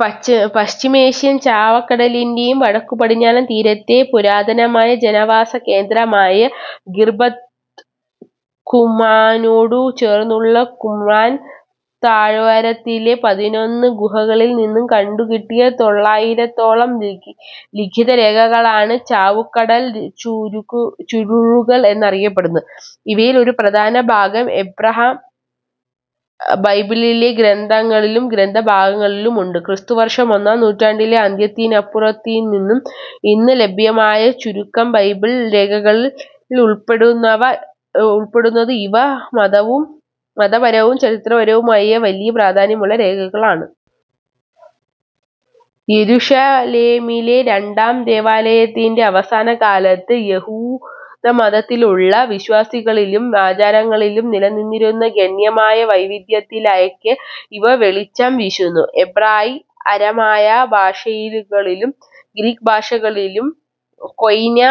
പച്ചപശ്ചിമേഷ്യയിൽ ചാവുകടലിൻ്റെ വടക്കുപടിഞ്ഞാറൻ തീരത്തെ പുരാതന ജനവാസകേന്ദ്രമായ ഖിർബത് കുമ്രാനോടു ചേർന്നുള്ള കുമ്രാൻ താഴ്വരയിലെ പതിനൊന്ന് ഗുഹകളിൽ നിന്ന് കണ്ടുകിട്ടിയ തൊള്ളായിരത്തോളം ലിഖിതരേഖകളാണ് ചാവുകടൽ ചുരുളുകൾ എന്നറിയപ്പെടുന്നത്. ഇവയിൽ ഒരു പ്രധാനഭാഗം എബ്രായ ബൈബിളിലെ ഗ്രന്ഥങ്ങളും ഗ്രന്ഥഭാഗങ്ങളുമാണ്. ക്രിസ്തുവർഷം ഒന്നാം നൂറ്റാണ്ടിൻ്റെ അന്ത്യത്തിനപ്പുറത്തുനിന്ന് ഇന്ന് ലഭ്യമായ ചുരുക്കം ബൈബിൾ രേഖകളിൽ ഉൾപ്പെടുന്ന ഇവ, മതപരവും ചരിത്രപരവുമായി വലിയ പ്രാധാന്യമുള്ള രേഖകളാണ്. യെരുശലേമിലെ രണ്ടാം ദേവാലയത്തിൻ്റെ അവസാനകാലത്തെ യഹൂദമതത്തിനുള്ളിൽ, വിശ്വാസങ്ങളിലും ആചാരങ്ങളിലും നിലവിലിരുന്ന ഗണ്യമായ വൈവിധ്യത്തിലേക്ക് ഇവ വെളിച്ചം വീശുന്നു. എബ്രായ, അരമായ ഭാഷകളിലും ഗ്രീക്ക് ഭാഷയുടെ കൊയ്നെ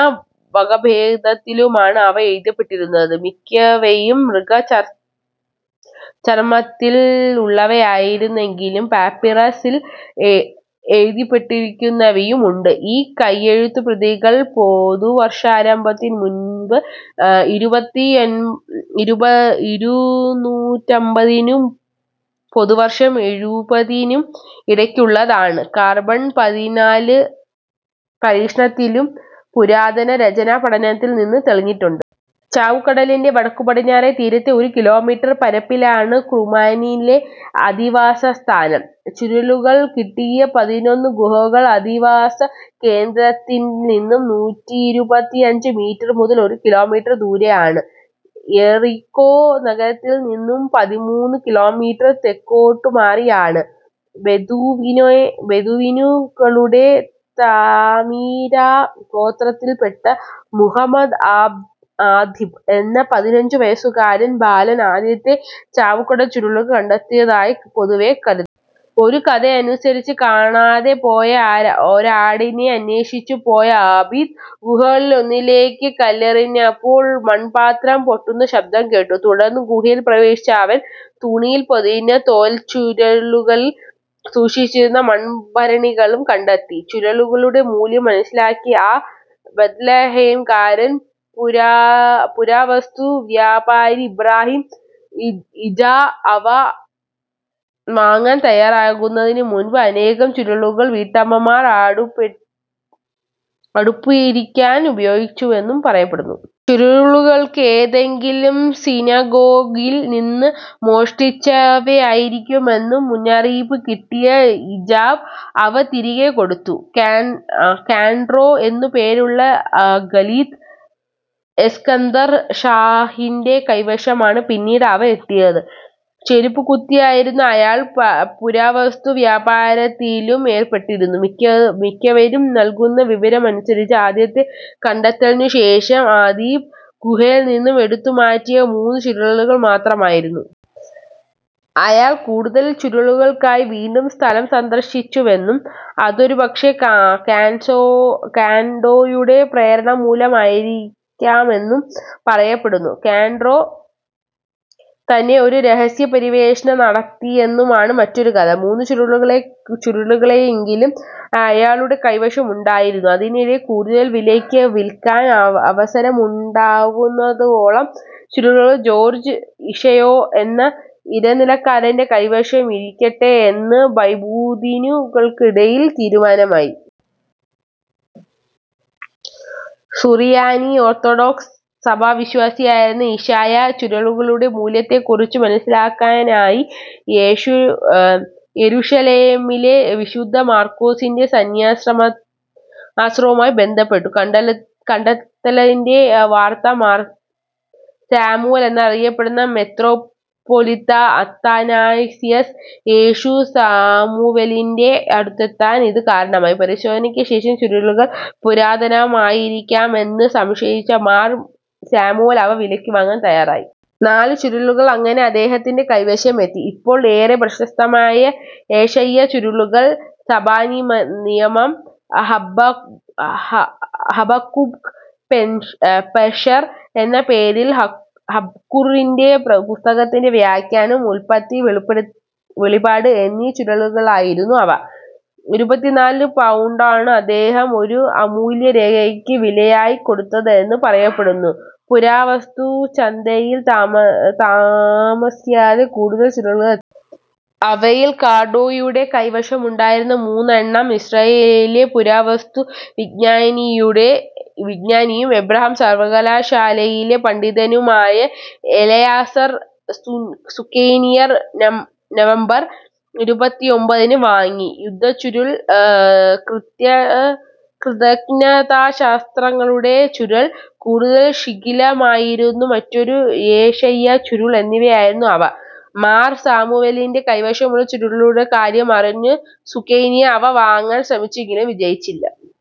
വകഭേദത്തിലുമാണ് അവ എഴുതപ്പെട്ടിരിക്കുന്നത്. മിക്കവയും മൃഗചർമ്മത്തിൽ ഉള്ളവയാണെങ്കിലും പാപ്പിറസിൽ എഴുതപ്പെട്ടിരിക്കുന്നവയും ഉണ്ട്. ഈ കൈയെഴുത്തുപ്രതികൾ പൊതുവർഷാരംഭത്തിന് മുൻപ് ഇരുനൂറ്റമ്പതിനും പൊതുവർഷം എഴുപതിനും ഇടയ്ക്കുള്ളതാണെന്ന് കാർബൺ പതിനാല് പരീക്ഷണത്തിലും പുരാതന രചനാപഠനത്തിൽ നിന്നും തെളിഞ്ഞിട്ടുണ്ട്. ചാവുകടലിൻ്റെ വടക്കുപടിഞ്ഞാറെ തീരത്തെ ഒരു കിലോമീറ്റർ പരപ്പിലാണ് കുമ്രാനിലെ അധിവാസസ്ഥാനം. ചുരുളുകൾ കിട്ടിയ പതിനൊന്ന് ഗുഹകൾ അധിവാസകേന്ദ്രത്തിൽ നിന്ന് നൂറ്റിയിരുപത്തഞ്ച് മീറ്റർ മുതൽ ഒരു കിലോമീറ്റർ വരെ ദൂരെയാണ്. യെറീക്കോ നഗരത്തിൽ നിന്ന് പതിമൂന്ന് കിലോമീറ്റർ തെക്കോട്ടുമാറിയാണിത്. ബെദൂവിനുകളുടെ താമിരാ ഗോത്രത്തിൽ പെട്ട മുഹമ്മദ് ആദ്ദിബ്ബ് എന്ന പതിനഞ്ചുവയസ്സുകാരൻ ബാലൻ ആദ്യത്തെ ചാവുകടൽ ചുരുളുകൾ കണ്ടെത്തിയെന്നാണ് പൊതുവേ കരുതപ്പെടുന്നത്. ഒരു കഥയനുസരിച്ച് കാണാതെപോയ ഒരാടിനെ അന്വേഷിച്ചുപോയ അദ്ദീബ്, ഗുഹകളിലൊന്നിലേക്ക് കല്ലെറിഞ്ഞപ്പോൾ മൺപാത്രം പൊട്ടുന്ന ശബ്ദം കേട്ടു. തുടർന്ന് ഗുഹയിൽ പ്രവേശിച്ച അവൻ, തുണിയിൽ പൊതിഞ്ഞ് തോൽച്ചുരുളുകൾ സൂക്ഷിച്ചിരിക്കുന്ന മൺഭരണികൾ കണ്ടെത്തി. ചുരുളുകളുടെ മൂല്യം മനസ്സിലാക്കിയ ഒരു ബെത്ലഹേംകാരൻ പുരാവസ്തു വ്യാപാരി ഇബ്രാഹിം ഇജാ അവ വാങ്ങാൻ തയ്യാറാകുന്നതിന് മുൻപ്, അനേകം ചുരുളുകൾ വീട്ടമ്മമാർ അടുപ്പെരിക്കാൻ ഉപയോഗിച്ചുവെന്ന് പറയപ്പെടുന്നു. ചുരുളുകൾ ചുരുളുകൾക്ക്ഏതെങ്കിലും സിനഗോഗിൽ നിന്ന് മോഷ്ടിച്ചവയായിരിക്കുമെന്ന് മുന്നറിയിപ്പ് കിട്ടിയ ഇജാ അവ തിരികെ കൊടുത്തു. കാൻഡോ എന്നും പേരുള്ള ഖലീൽ എസ്കന്ദർ ഷാഹിൻ്റെ കൈവശമാണ് പിന്നീട് അവ എത്തിയത്. ചെരുപ്പുകുത്തിയായിരുന്ന അയാൾ പുരാവസ്തു വ്യാപാരത്തിലും ഏർപ്പെട്ടിരുന്നു. മിക്കവരും നൽകുന്ന വിവരമനുസരിച്ച് ആദ്യത്തെ കണ്ടെത്തലിനുശേഷം അദ്ദീബ് ഗുഹയിൽ നിന്ന് എടുത്തുമാറ്റിയത് മൂന്ന് ചുരുളുകൾ മാത്രമായിരുന്നു. അയാൾ കൂടുതൽ ചുരുളുകൾക്കായി വീണ്ടും സ്ഥലം സന്ദർശിച്ചുവെന്നും അതൊരുപക്ഷേ കാൻഡോയുടെ പ്രേരണമൂലം ആയിരുന്നിരിക്കാം എന്നും പറയപ്പെടുന്നു. കാൻഡോ തന്നെ ഒരു രഹസ്യപര്യവേഷണം നടത്തിയെന്നാണ് മറ്റൊരു കഥ. മൂന്ന് ചുരുളുകളെങ്കിലും അയാളുടെ കൈവശമുണ്ടായിരുന്നു. അതിനിടെ കൂടുതൽ വിലയ്ക്ക് വിൽക്കാൻ അവസരമുണ്ടാകുവോളം ചുരുളുകൾ ജോർജ്ജ് ഇശയാ എന്ന ഇടനിലക്കാരൻ്റെ കൈവശമിരിക്കട്ടെ എന്ന് ബെദൂവിനുകൾക്കിടയിൽ തീരുമാനമായി. സുറിയാനി ഓർത്തോഡോക്സ് സഭാവിശ്വാസിയായിരുന്ന ഇശയാ ചുരുളുകളുടെ മൂല്യത്തെക്കുറിച്ച് മനസ്സിലാക്കാനായി, യെരുശലേമിലെ വിശുദ്ധ മർക്കോസിൻ്റെ സന്ന്യാസാശ്രമവുമായി ബന്ധപ്പെട്ടു. കണ്ടെത്തലിൻ്റെ വാർത്ത മാർ സാമുവൽ എന്നറിയപ്പെടുന്ന മെത്രാപ്പോലീത്താ അത്താനാസിയസ് യേശു സാമുവലിൻ്റെ അടുത്തെത്താൻ ഇത് കാരണമായി. പരിശോധനയ്ക്ക് ശേഷം ചുരുളുകൾ പുരാതനമായിരിക്കാമെന്ന് സംശയിച്ച മാർ സാമുവൽ അവ വിലയ്ക്ക് വാങ്ങാൻ തയ്യാറായി. നാല് ചുരുളുകൾ അങ്ങനെ അദ്ദേഹത്തിൻ്റെ കൈവശമെത്തി. ഇപ്പോൾ ഏറെ പ്രശസ്തമായ ഏശയ്യാ ചുരുൾ, സഭാനിയമം, ഹബക്കുക്ക് പെഷെർ എന്ന പേരിൽ ഹബക്കുകിൻ്റെ പുസ്തകത്തിൻ്റെ വ്യാഖ്യാനം, ഉല്പത്തി വെളിപാട് എന്നീ ചുരുളുകളായിരുന്നു അവ. ഇരുപത്തിനാല് പൗണ്ടാണ് അദ്ദേഹം ഈ അമൂല്യരേഖകൾക്ക് വിലയായി കൊടുത്തത് എന്ന് പറയപ്പെടുന്നു. പുരാവസ്തുച്ചന്തയിൽ താമസിയാതെ കൂടുതൽ ചുരുളുകളെത്തി. അവയിൽ കാൻഡോയുടെ കൈവശമുണ്ടായിരുന്ന മൂന്നെണ്ണം ഇസ്രായേലിലെ പുരാവസ്തുവിജ്ഞാനിയും എബ്രായ സർവ്വകലാശാലയിലെ പണ്ഡിതനുമായിരുന്ന എലയാസർ സുകേനിക് നവംബർ ഇരുപത്തൊമ്പതിന് വാങ്ങി. യുദ്ധച്ചുരുൾ, കൃതജ്ഞതാസ്തോത്രങ്ങളുടെ ചുരുൾ, കൂടുതൽ ശിഥിലമായിരുന്ന മറ്റൊരു ഏശയ്യാ ചുരുൾ എന്നിവയായിരുന്നു അവ. മാർ സാമുവേലിൻ്റെ കൈവശമുള്ള ചുരുളുകളുടെ കാര്യം അറിഞ്ഞ സുകേനിക് അവ വാങ്ങാൻ ശ്രമിച്ചെങ്കിലും വിജയിച്ചില്ല.